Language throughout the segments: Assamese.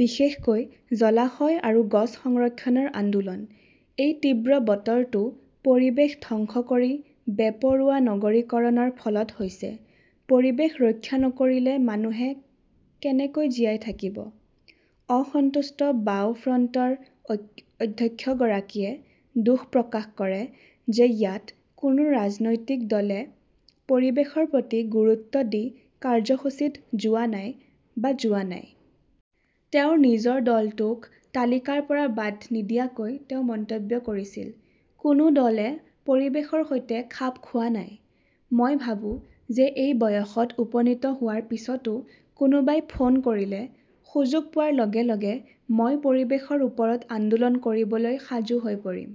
বিশেষকৈ জলাশয় আৰু গছ সংৰক্ষণৰ আন্দোলন। এই তীব্ৰ বতৰটো পৰিৱেশ ধ্বংস কৰি বেপৰোৱা নগৰীকৰণৰ ফলত হৈছে। পৰিৱেশ ৰক্ষা নকৰিলে মানুহে কেনেকৈ জীয়াই থাকিব? "অসন্তুষ্ট বাওঁ ফ্ৰণ্টৰ অধ্যক্ষগৰাকীয়ে দুখ প্ৰকাশ কৰে যে ইয়াত কোনো ৰাজনৈতিক দলে পৰিৱেশৰ প্ৰতি গুৰুত্ব দি কাৰ্যসূচীত যোৱা নাই বা যোৱা নাই। তেওঁৰ নিজৰ দলটোক তালিকাৰ পৰা বাদ নিদিয়াকৈ তেওঁ মন্তব্য কৰিছিল, "কোনো দলে পৰিৱেশৰ সৈতে খাপ খোৱা নাই। মই ভাবো যে এই বয়সত উপনীত হোৱাৰ পিছতো কোনোবাই ফোন কৰিলে, সুযোগ পোৱাৰ লগে লগে মই পৰিৱেশৰ ওপৰত আন্দোলন কৰিবলৈ সাজু হৈ পৰিম!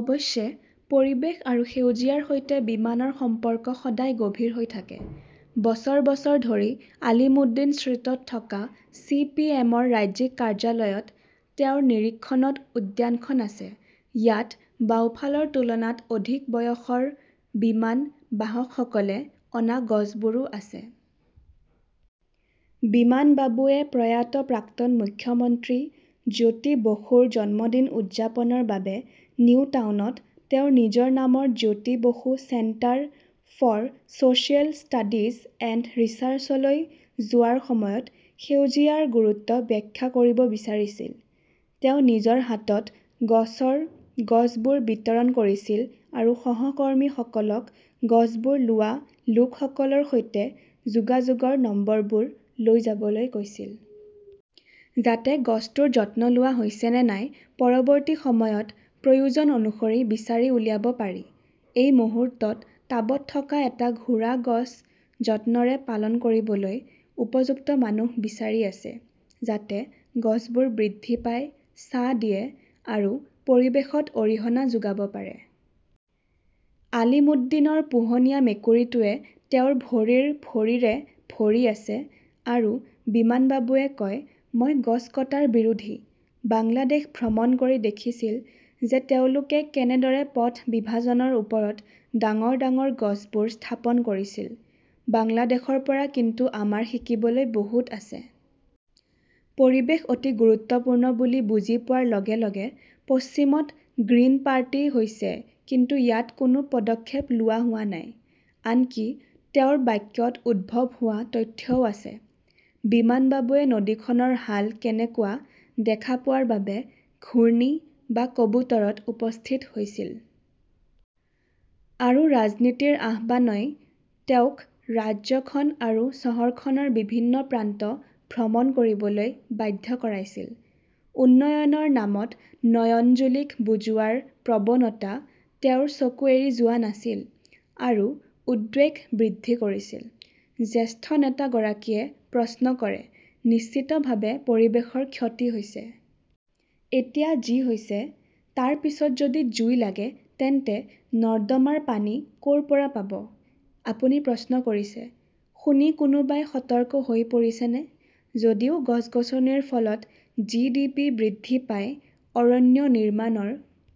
"অৱশ্যে, পৰিৱেশ আৰু সেউজীয়াৰ সৈতে বিমানৰ সম্পৰ্ক সদায় গভীৰ হৈ থাকে। বছৰ বছৰ ধৰি আলিমুদ্দিন ষ্ট্ৰীটত থকা চি. পি. এম. -ৰ ৰাজ্যিক কাৰ্যালয়ত তেওঁৰ নিৰীক্ষণত উদ্যানখন আছে। ইয়াত বাওঁফালৰ তুলনাত অধিক বয়সৰ বিমান বাহকসকলে অনা গছবোৰো আছে! বিমানবাবুৱে প্ৰয়াত প্ৰাক্তন মুখ্যমন্ত্ৰী জ্যোতি বসুৰ জন্মদিন উদযাপনৰ বাবে নিউটাউনত তেওঁৰ নিজৰ নামৰ Jyoti Basu centre for so "serial studies and ৰিচাৰ্চলৈ যোৱাৰ সময়ত সেউজীয়াৰ গুৰুত্ব ব্যাখ্যা কৰিব বিচাৰিছিল। তেওঁ নিজৰ হাতত গছৰ গছবোৰ বিতৰণ কৰিছিল আৰু সহকৰ্মীসকলক গছবোৰ লোৱা লোকসকলৰ সৈতে যোগাযোগৰ নম্বৰবোৰ লৈ যাবলৈ কৈছিল। যাতে গছটোৰ যত্ন লোৱা হৈছে নে নাই পৰৱৰ্তী সময়ত প্ৰয়োজন অনুসৰি বিচাৰি উলিয়াব পাৰি। এই মুহূৰ্তত টাবত থকা এটা ঘোঁৰা গছ যত্নৰে পালন কৰিবলৈ উপযুক্ত মানুহ বিচাৰি আছে। যাতে গছবোৰ বৃদ্ধি পায়, ছাঁ দিয়ে আৰু পৰিৱেশত অৰিহণা যোগাব পাৰে। আলিমুদ্দিনৰ পোহনীয়া মেকুৰীটোৱে তেওঁৰ ভৰিৰ ভৰিৰে ভৰি আছে আৰু বিমানবাবুৱে কয়, "মই গছ কটাৰ বিৰোধী। বাংলাদেশ ভ্ৰমণ কৰি দেখিছিল যে তেওঁলোকে কেনেদৰে পথ বিভাজনৰ ওপৰত ডাঙৰ ডাঙৰ গছবোৰ স্থাপন কৰিছিল। বাংলাদেশৰ পৰা কিন্তু আমাৰ শিকিবলৈ বহুত আছে। "পৰিৱেশ অতি গুৰুত্বপূৰ্ণ বুলি বুজি পোৱাৰ লগে লগে পশ্চিমত গ্ৰীণ পাৰ্টি হৈছে কিন্তু ইয়াত কোনো পদক্ষেপ লোৱা হোৱা নাই, আনকি তেওঁৰ বাক্যত উদ্ভৱ হোৱা তথ্যও আছে। বিমানবাবুৱে নদীখনৰ হাল কেনেকুৱা দেখা পোৱাৰ বাবে ঘূৰ্ণী বা কবুতৰত উপস্থিত হৈছিল। আৰু ৰাজনীতিৰ আহ্বানই তেওঁক ৰাজ্যখন আৰু চহৰখনৰ বিভিন্ন প্ৰান্ত ভ্ৰমণ কৰিবলৈ বাধ্য কৰাইছিল। উন্নয়নৰ নামত নয়নজুলীক বুজোৱাৰ প্ৰৱণতা তেওঁৰ চকু এৰি যোৱা নাছিল আৰু উদ্বেগ বৃদ্ধি কৰিছিল। জ্যেষ্ঠ নেতা গৰাকীয়ে প্ৰশ্ন কৰে, "নিশ্চিতভাৱে পৰিৱেশৰ ক্ষতি হৈছে। এতিয়া যি হৈছে, তাৰ পিছত যদি জুই লাগে তেন্তে নৰ্দমাৰ পানী ক "ৰ পৰা পাব? "আপুনি প্ৰশ্ন কৰিছে। শুনি কোনোবাই সতৰ্ক হৈ পৰিছেনে? যদিও গছ-গছনিৰ ফলত জিডিপি বৃদ্ধি পায়, অৰণ্য নিৰ্মাণৰ